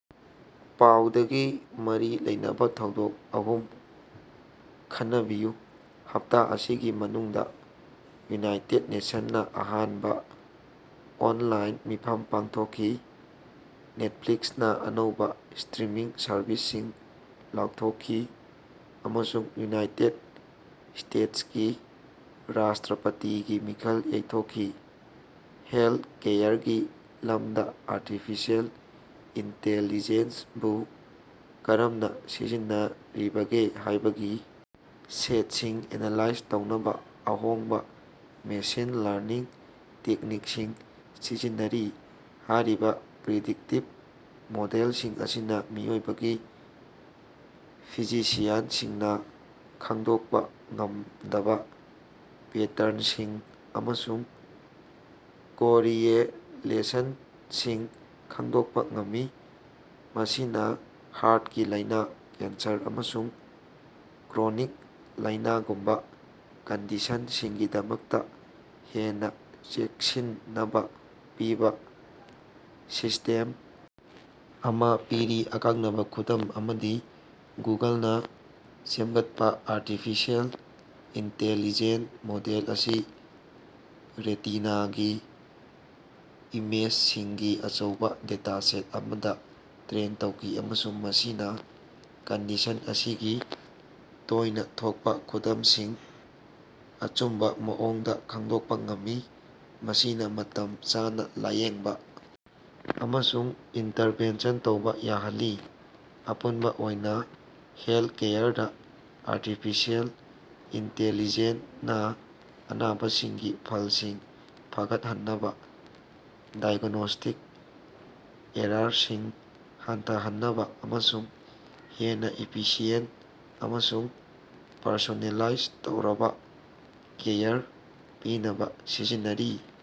ꯄꯥꯎꯗꯒꯤ ꯃꯔꯤ ꯂꯩꯅꯕꯥ ꯊꯧꯗꯣꯛ ꯑꯍꯨꯝ ꯈꯟꯅꯕꯤꯌꯨ꯫ ꯍꯞꯇꯥ ꯑꯁꯤꯒꯤ ꯃꯅꯨꯡꯗꯥ ꯌꯨꯅꯥꯏꯇꯦꯗ ꯅꯦꯁꯟꯅꯥ ꯑꯍꯥꯟꯕꯥ ꯑꯣꯅꯂꯥꯏꯟ ꯃꯤꯐꯝ ꯄꯥꯡꯊꯣꯛꯈꯤ, ꯅꯦꯠꯐ꯭ꯂꯤꯛꯁꯅꯥ ꯑꯅꯧꯕꯥ ꯁ꯭ꯠꯔꯤꯃꯤꯡ ꯁꯔꯚꯤꯁꯁꯤꯡ ꯂꯥꯎꯊꯣꯛꯈꯤ, ꯑꯃꯁꯨꯡ ꯌꯨꯅꯥꯠꯇꯦ ꯁ꯭ꯇꯦꯛꯁꯀꯤ ꯔꯥꯁ꯭ꯇꯔꯄꯇꯤꯒꯤ ꯃꯤꯈꯜ ꯌꯩꯊꯣꯛꯈꯤ꯫ ꯍꯦꯜꯊꯀꯦꯌꯔꯒꯤ ꯂꯝꯗꯥ ꯑꯔꯇꯤꯐꯤꯁꯦꯜ ꯏꯟꯇꯦꯜꯂꯤꯖꯦꯟꯕꯨ ꯀꯔꯝꯅꯥ ꯁꯤꯖꯤꯟꯅꯔꯤꯕꯒꯦ ꯍꯥꯏꯕꯒꯤ ꯁꯦꯠꯁꯤꯡ ꯑꯦꯅꯥꯂꯥꯏꯖ ꯇꯧꯅꯕꯥ ꯑꯍꯣꯡꯕꯥ ꯃꯦꯁꯤꯟ ꯂꯔꯅꯤꯡ ꯇꯦꯛꯅꯤꯛꯁꯤꯡ ꯁꯤꯖꯤꯟꯅꯔꯤ꯫ ꯍꯥꯏꯔꯤꯕꯥ ꯄ꯭ꯔꯤꯗꯤꯛꯇꯤꯚ ꯃꯣꯗꯦꯜꯁꯤꯡ ꯑꯁꯤꯅꯥ ꯃꯤꯑꯣꯏꯕꯒꯤ ꯐꯤꯖꯤꯁꯤꯌꯟꯁꯤꯡꯅꯥ ꯈꯪꯗꯣꯛꯄꯥ ꯉꯝꯗꯕꯥ ꯄꯦꯇꯔꯅꯁꯤꯡ ꯑꯃꯁꯨꯡ ꯀꯣꯔꯤꯑꯦꯂꯦꯁꯟꯁꯤꯡ ꯈꯪꯗꯣꯛꯄꯥ ꯉꯝꯃꯤ, ꯃꯁꯤꯅꯥ ꯍꯥꯔꯇꯀꯤ ꯂꯥꯏꯅꯥ, ꯀꯦꯟꯁꯔ, ꯑꯃꯁꯨꯡ ꯀ꯭ꯔꯣꯅꯤꯛ ꯂꯥꯏꯅꯥꯒꯨꯝꯕ ꯀꯟꯗꯤꯁꯟꯁꯤꯡꯒꯤꯗꯃꯛꯇꯥ ꯉꯟꯅꯥ ꯆꯦꯛꯁꯤꯟꯅꯕ ꯄꯤꯕꯥ ꯁꯤꯁ꯭ꯇꯦꯝ ꯑꯃꯥ ꯄꯤꯔꯤ꯫ ꯑꯀꯛꯅꯕꯥ ꯈꯨꯗꯝ ꯑꯃꯗꯤ ꯒꯨꯒꯜꯅꯥ ꯁꯦꯝꯒꯠꯄꯥ ꯑꯔꯇꯤꯐꯤꯁꯦꯜ ꯏꯟꯇꯦꯜꯂꯤꯖꯦꯟ ꯃꯣꯗꯦꯜ ꯑꯁꯤ ꯔꯦꯇꯤꯅꯥꯒꯤ ꯏꯃꯦꯖꯁꯤꯡꯒꯤ ꯑꯆꯧꯕꯥ ꯗꯦꯇꯥꯁꯦꯠ ꯑꯃꯗꯥ ꯇ꯭ꯔꯦꯟ ꯇꯧꯈꯤ ꯑꯃꯁꯨꯡ ꯃꯁꯤꯅꯥ ꯀꯟꯗꯤꯁꯟ ꯑꯁꯤꯒꯤ ꯇꯣꯏꯅꯥ ꯊꯣꯛꯄꯥ ꯈꯨꯗꯝꯁꯤꯡ ꯑꯆꯨꯝꯕꯥ ꯃꯑꯣꯡꯗꯥ ꯈꯪꯗꯣꯛꯄꯥ ꯉꯝꯃꯤ, ꯃꯁꯤꯅꯥ ꯃꯇꯝ ꯆꯥꯅꯥ ꯂꯥꯌꯦꯡꯕꯥ ꯑꯃꯁꯨꯡ ꯏꯟꯇꯔꯚꯦꯟꯁꯟ ꯇꯧꯕ ꯌꯥꯍꯜꯂꯤ꯫ ꯑꯄꯨꯟꯕꯥ ꯑꯣꯏꯅꯥ, ꯍꯦꯜꯊꯀꯦꯌꯔꯗꯥ ꯑꯔꯇꯤꯐꯤꯁꯦꯜ ꯏꯟꯇꯦꯜꯂꯤꯖꯦꯟꯅꯥ ꯑꯅꯥꯕꯁꯤꯡꯒꯤ ꯐꯂꯁꯤꯡ ꯐꯒꯠꯍꯟꯅꯕꯥ, ꯗꯥꯏꯒ꯭ꯅꯣꯁ꯭ꯇꯤꯛ ꯑꯦꯔꯥꯔꯁꯤꯡ ꯍꯟꯊꯍꯟꯅꯕꯥ ꯑꯃꯁꯨꯡ ꯍꯦꯟꯅꯥ ꯏꯐꯤꯁꯤꯌꯦꯟꯇ ꯑꯃꯁꯨꯡ ꯄꯔꯁꯣꯅꯦꯂꯥꯏꯖ ꯇꯧꯔꯕꯥ ꯀꯦꯌꯔ ꯄꯤꯅꯕꯥ ꯁꯤꯖꯤꯟꯅꯔꯤ꯫